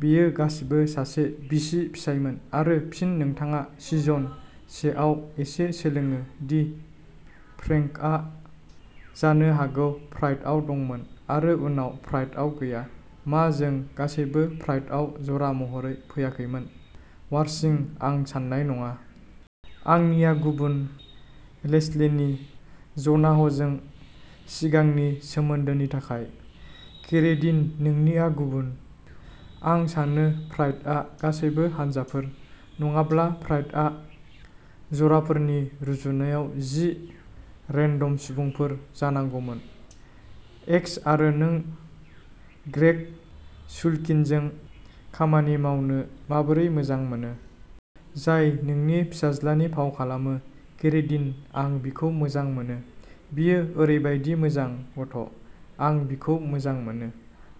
बेयो गासिबो सासे बिसि फिसायमोन आरो फिन नोंथाङा सिजन से आव एसे सोलोङो दि फ्रेंकआ जानो हागौ प्राइडआव दंमोन आरो उनाव प्राइडआव गैया। मा जों गासैबो प्राइडआव जरा महरै फैयाखैमोन? वारसिं आं सान्नाय नङा। आंनिआ गुबुन लेस्लिनि ज'नाहजों सिगांनि सोमोन्दोनि थाखाय। केरेडिन नोंनिआ गुबुन। आं सानो प्राइडआ गासैबो हानजाफोर। नङाब्ला प्राइडआ जराफोरनि रुजुनायाव जि रेन्डम सुबुंफोर जानांगौमोन। एक्स आरो नों ग्रेग सुल्किनजों खामानि मावनो माबोरै मोजां मोनो। जाय नोंनि फिसाज्लानि फाव खालामो? केरेडिनः आं बिखौ मोजां मोनो। बियो ओरैबायदि मोजां गथ'। आं बिखौ मोजां मोनो।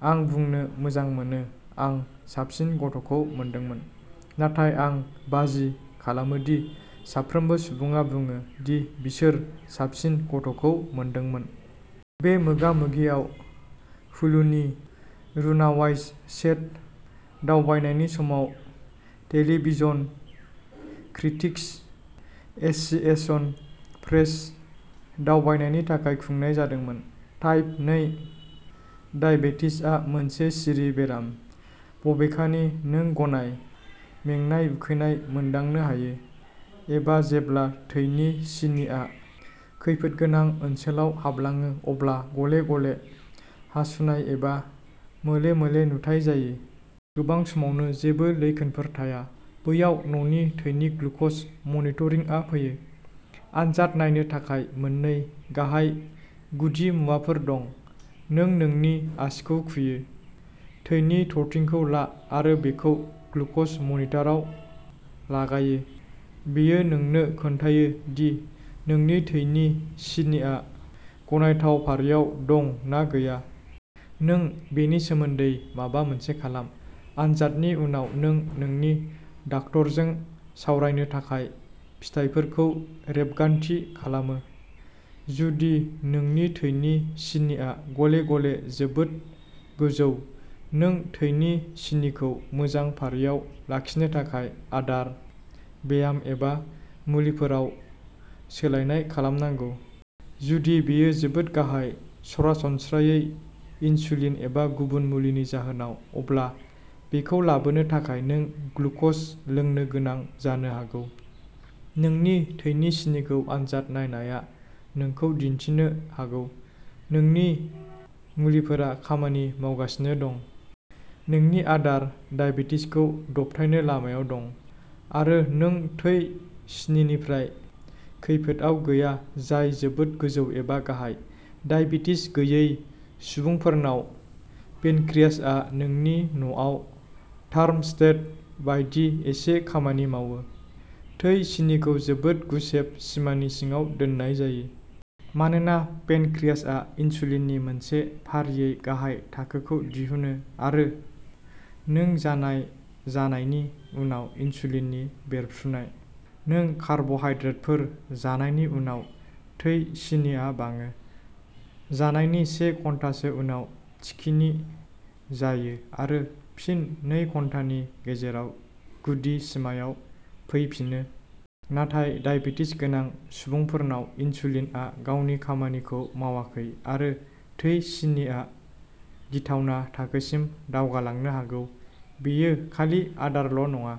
आं बुंनो मोजां मोनो आं साबसिन गथ'खौ मोनदोंमोन। नाथाय आं बाजि खालामो दि साफ्रोमबो सुबुङा बुङो दि बिसोर साबसिन गथ'खौ मोनदोंमोन। बे मोगा-मोगिआ हुलुनि रुनावाइस सेट दावबायनायनि समाव टेलिभिजन क्रिटिक्स एस'सिएशन प्रेस दावबायनायनि थाखाय खुंनाय जादोंमोन। टाइप नै डायबेटिसआ मोनसे सिरि बेराम। बबेखानि नों गांनाय, मेंनाय, उखैनाय मोनदांनो हायो। एबा जेब्ला थैनि सिनिआ खैफोदगोनां ओनसोलाव हाबलाङो अब्ला गले-गले हासुनाय एबा मोले-मोले नुथाइ थायो। गोबां समावनो जेबो लैखोनफोर थाया। बैयाव न'नि थैनि ग्लुकज मनिटरिंआ फैयो। आनजाद नायनो थाखाय मोननै गाहाय गुदिमुवाफोर दं। नों नोंनि आसिखौ खुयो। थैनि थरथिंखौ ला आरो बेखौ ग्लुकज मनिटराव लागायो। बेयो नोंनो खोन्थायो दि नोंनि थैनि सिनिआ गनायथाव फारियाव दं ना गैया। नों बेनि सोमोन्दै माबा मोनसे खालाम। आनजादनि उनाव नों नोंनि डाक्टारजों सावरायनो थाखाय फिथायफोरखौ रेबगान्थि खालामो। जुदि नोंनि थैनि सिनिआ गले-गले जोबोद गोजौ नों थैनि सिनिखौ मोजां फारियाव लाखिनो थाखाय आदार ब्याम एबा मुलिफोराव सोलायनाय खालामनांगौ। जुदि बेयो जोबोद गाहाय सरासनस्रायै इनसुलिन एबा गुबुन मुलिनि जाहोनाव अब्ला बेखौ लाबोनो थाखाय नों ग्लुकज लोंनो गोनां जानो हागौ। नोंनि थैनि सिनिखौ आनजाद नायनाया नोंखौ दिन्थिनो हागौ। नोंनि मुलिफोरा खामानि मावगासिनो दं। नोंनि आदारा दाइबेटिसखौ दबथायनो लामायाव दं। आरो नों थै सिनिनिफ्राय खैफोदआव गैया जाय जोबोद गोजौ एबा गाहाय। दाइबेटिस गैयै सुबुंफोरनाव पेनक्रियाजआ नोंनि न'आव थार्मस्टेट बायदि एसे खामानि मावो। थै सिनिखौ जोबोद गुसेब सिमानि सिङाव दोननाय जायो। मानोना पेनक्रियाजआ इनसुलिननि मोनसे फारियै गाहाय थाखोखौ दिहुनो आरो नों जानाय जानायनि उनाव इनसुलिननि बेरफ्रुनाय। नों कार्बहाइड्रेटफोर जानायनि उनाव थै सिनिआ बाङो। जानायनि से घन्टासो उनाव थिखिनि जायो आरो फिन नै घन्टानि गेजेराव गुदि सिमायाव फैफिनो। नाथाय दाइबेटिस गोनां सुबुंफोरनाव इनसुलिनआ गावनि खामानिखौ मावाखै आरो थै सिनिआ गिथावना थाखोसिम दावगालांनो हागौ। बेयो खालि आदारल' नङा।